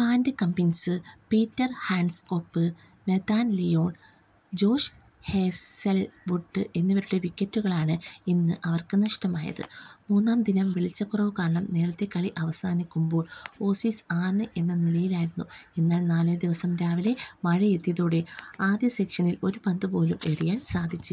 പാറ്റ് Cummins, Peter Handscomb, Nathan Lyon, Josh Hazlewood എന്നിവരുടെ വിക്കറ്റുകളാണ് ഇന്ന് അവർക്ക് നഷ്ടമായത്. മൂന്നാം ദിനം വെളിച്ചക്കുറവ് കാരണം നേരത്തെ കളി അവസാനിക്കുമ്പോൾ ഓസീസ് ആറിന് എന്ന നിലയിലായിരുന്നു. എന്നാൽ നാലാം ദിവസം രാവിലെ മഴയെത്തിയതോടെ ആദ്യ സെഷനിൽ ഒരു പന്ത് പോലും എറിയാൻ സാധിച്ചില്ല.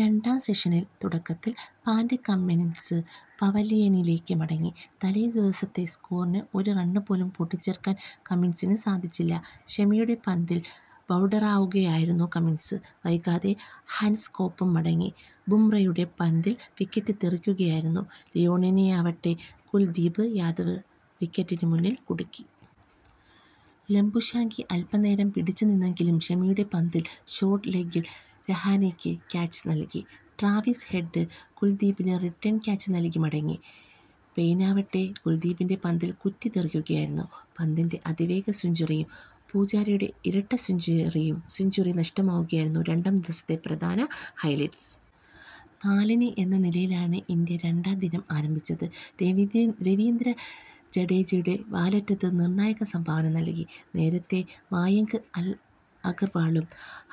രണ്ടാം സെഷനിൽ തുടക്കത്തിൽ പാറ്റ് കമ്മിൻസ് പവലിയനിലേക്ക് മടങ്ങി. തലേ ദിവസത്തെ സ്കോറിന് ഒരു റൺ പോലും കൂട്ടിച്ചേർക്കാൻ കമ്മിൻസിന് സാധിച്ചില്ല. ഷമിയുടെ പന്തിൽ ബൌൾഡാവുകയായിരുന്നു കമ്മിൻസ്. വൈകാതെ ഹാൻഡ്സ്കോംപും മടങ്ങി. ബുംറയുടെ പന്തിൽ വിക്കറ്റ് തെറിക്കുകയായിരുന്നു. ലിയോണിനെയാവട്ടെ കുൽദീപ് യാദവ് വിക്കറ്റിന് മുന്നിൽ കുടുക്കി. ലബുഷാഗ്നെ അൽപനേരം പിടിച്ചു നിന്നെങ്കിലും ഷമിയുടെ പന്തിൽ ഷോർട്ട് ലെഗിൽ രഹാനെയ്ക്ക് ക്യാച്ച് നൽകി. ട്രാവിസ് ഹെഡ് കുൽദീപിന് റിട്ടേൺ ക്യാച്ച് നൽകി മടങ്ങി. പെയ്നാവട്ടെ കുൽദീപിന്റെ പന്തിൽ കുറ്റി തെറിക്കുകയായിരുന്നു. പന്തിന്റെ അതിവേഗ സെഞ്ചുറിയും പൂജാരയുടെ ഇരട്ട സെഞ്ചുറി നഷ്ടവുമായിരുന്നു രണ്ടാം ദിവസത്തെ പ്രധാന ഹൈലൈറ്റസ്. നാലിന് എന്ന നിലയിലാണ് ഇന്ത്യ രണ്ടാം ദിനം ആരംഭിച്ചത്. രവീന്ദ്ര ജഡേജയും വാലറ്റത്ത് നിർണായക സംഭാവന നൽകി. നേരത്തെ മായങ്ക് അഗർവാളും,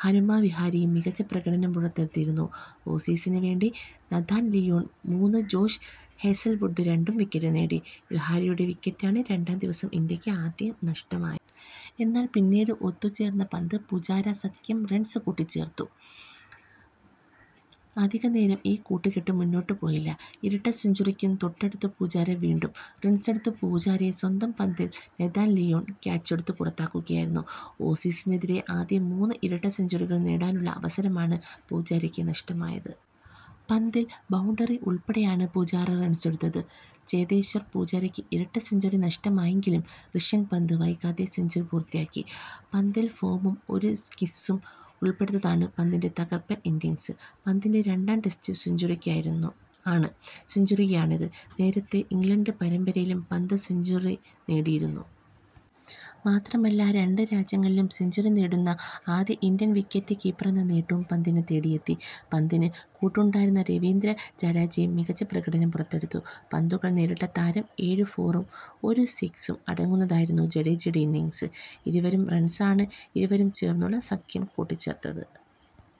ഹനുമ വിഹാരി യും മികച്ച പ്രകടനം പുറത്തെടുത്തിരുന്നു. ഓസീസിന് വേണ്ടി നഥാൻ ലിയോൺ മൂന്നും ജോഷ് ഹേസൽവുഡ് രണ്ടും വിക്കറ്റ് നേടി. വിഹാരിയുടെ വിക്കറ്റാണ് രണ്ടാം ദിവസം ഇന്ത്യക്ക് ആദ്യം നഷ്ടമായത്. എന്നാൽ പിന്നീട് ഒത്തുച്ചേർന്ന പന്ത് പൂജാര സഖ്യം റൺസ് കൂട്ടിച്ചേർത്തു. അധികനേരം ഈ കൂട്ടുക്കെട്ട് മുന്നോട്ട് പോയില്ല. ഇരട്ട സെഞ്ചുറിക്ക് തൊട്ടടുത്ത് പൂജാര വീണു. റൺസെടുത്ത പൂജാരയെ സ്വന്തം പന്തിൽ നഥാൻ ലിയോൺ ക്യാച്ചെടുത്ത് പുറത്താക്കുകയായിരുന്നു. ഓസീസിനെതിരെ മാത്രം മൂന്ന് ഇരട്ട സെഞ്ചുറികൾ നേടാനുള്ള അവസരമാണ് പൂജാരയ്ക്ക് നഷ്ടമായത്. പന്തിൽ ബൌണ്ടറി ഉൾപ്പെടെയാണ് പൂജാര റൺസെടുത്തത്. ചേതേശ്വർ പൂജാരയ്ക്ക് ഇരട്ട സെഞ്ചുറി നഷ്ടമായെങ്കിലും ഋഷഭ് പന്ത് വൈകാതെ സെഞ്ചുറി പൂർത്തിയാക്കി. പന്തിൽ ഫോറും ഒരു സ്കിസും ഉൾപ്പെടുന്നതാണ് പന്തിന്റെ തകർപ്പൻ ഇന്നിങ്സ്. പന്തിന്റെ രണ്ടാം ടെസ്റ്റ് സെഞ്ചുറിയാണിത്. നേരത്തെ ഇംഗ്ലണ്ട് പരമ്പരയിലും പന്ത് സെഞ്ചുറി നേടിയിരുന്നു. മാത്രമല്ല, രണ്ട് രാജ്യങ്ങളിലും സെഞ്ചുറി നേടുന്ന ആദ്യ ഇന്ത്യൻ വിക്കറ്റ് കീപ്പറെന്ന നേട്ടവും പന്തിനെ തേടിയെത്തി. പന്തിന് കൂട്ടുണ്ടായിരുന്ന രവീന്ദ്ര ജഡേജയും മികച്ച പ്രകടനം പുറത്തെടുത്തു. പന്തുകൾ നേരിട്ട താരം ഏഴ് ഫോറും ഒരു സിക്സും അടങ്ങുന്നതായിരുന്ന ജഡേജയുടെ ഇന്നിങ്സ്. ഇരുവരും റൺസാണ് ഇരുവരും ചേർന്നുള്ള സഖ്യം കൂട്ടിച്ചേർത്തത്.